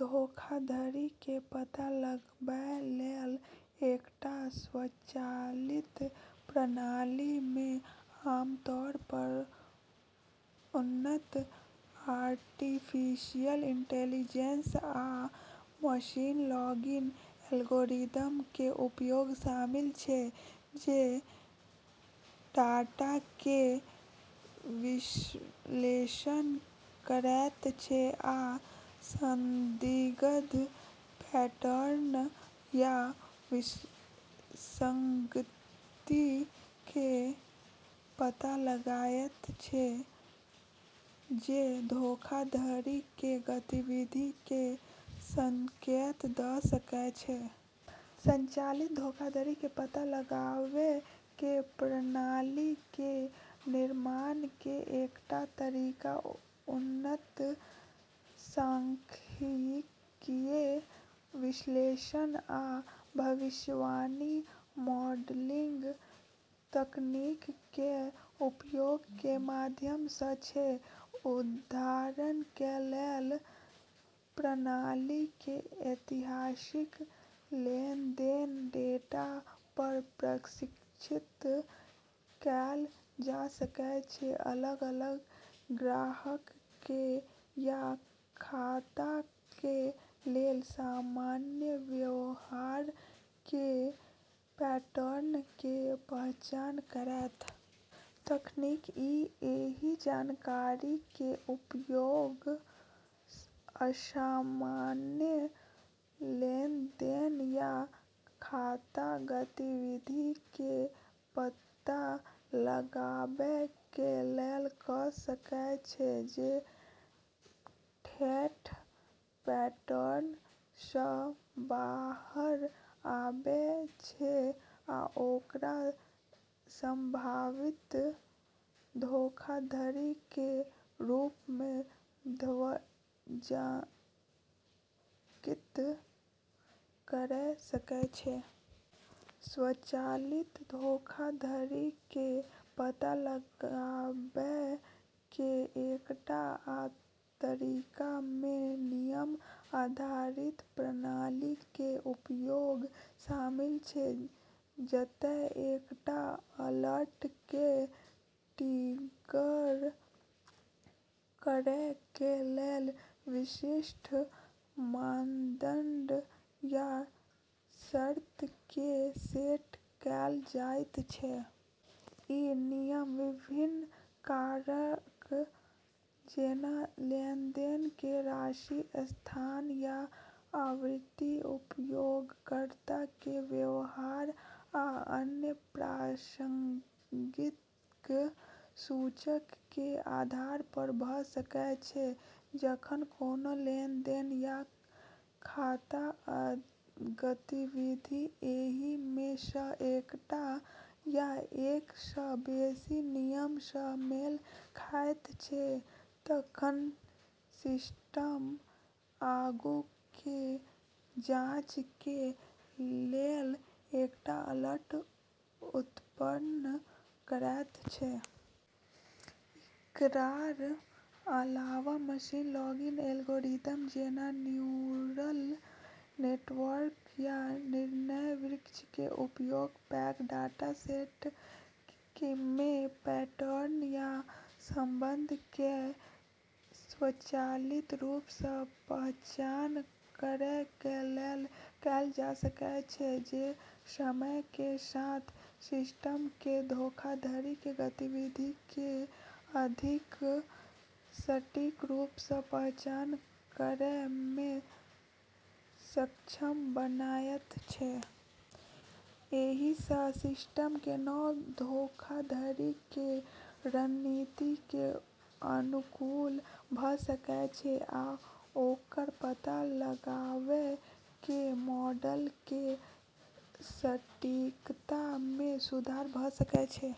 धोखाधड़ी के पता लगवय लेल एकटा स्वचालित प्रणाली मे आमतौर पर उन्नत आर्टिफिशियल इंटेलिजेंस आ मशीन लर्निंग एल्गोरिदम के उपयोग शामिल छै, जे डाटा के विश्लेषण करैत छै आ संदिग्ध पैटर्न या विसंगति के पता लगायत छै जे धोखाधड़ी के गतिविधि के संकेत दऽ सकय छै। स्वचालित धोखाधड़ी के पता लगावय के प्रणाली के निर्माण के एकटा तरीका उन्नत सांख्यिकीय विश्लेषण आ भविष्यवाणी मॉडलिंग तकनीक के उपयोग के माध्यम सँ छै। उदाहरण के लेल, प्रणाली के ऐतिहासिक लेनदेन डेटा पर प्रशिक्षित कैल जा सकय छै, अलग-अलग ग्राहक के या खाता के लेल सामान्य व्यवहार के पैटर्न के पहचान करैत। तखन ई एहि जानकारी के उपयोग असामान्य लेनदेन या खाता गतिविधि के पता लगावय के लेल कऽ सकय छै जे ठेठ पैटर्न सँ बाहर आबै छै आ ओकरा संभावित धोखाधड़ी के रूप मे ध्वजांकित करय सकैत छै। स्वचालित धोखाधड़ी के पता लगावय के एकटा आ तरीका मे नियम आधारित प्रणाली के उपयोग शामिल छै, जतय एकटा अलर्ट के ट्रिगर करय के लेल विशिष्ट मानदंड या शर्त के सेट कैल जाइत छै। ई नियम विभिन्न कारक जैना लेनदेन के राशि, स्थान या आवृत्ति, उपयोगकर्ता के व्यवहार, आ अन्य प्रासंगिक सूचक के आधार पर भऽ सकय छै। जखन कोनो लेनदेन या खाता गतिविधि एहि मे सँ एकटा या एक सँ बेसि नियम सँ मेल खायत छै, तखन सिस्टम आगू के जाँच के लेल एकटा अलर्ट उत्पन्न करैत छै। इकरार अलावा मशीन लर्निंग एल्गोरिदम जेना न्यूरल नेटवर्क या निर्णय वृक्ष के उपयोग पैघ डाटासेट मे पैटर्न या संबंध के स्वचालित रूप सँ पहचान करय के लेल कैल जा सकय छै, जे समय के साथ सिस्टम के धोखाधड़ी के गतिविधि के अधिक सटीक रूप सँ पहचान करय मे सक्षम बनायत छै। एहि सँ सिस्टम के नव धोखाधड़ी के रणनीति के अनुकूल भऽ सकय छै आ ओकर पता लगावय के मॉडल के सटीकता मे सुधार भऽ सकैत छै।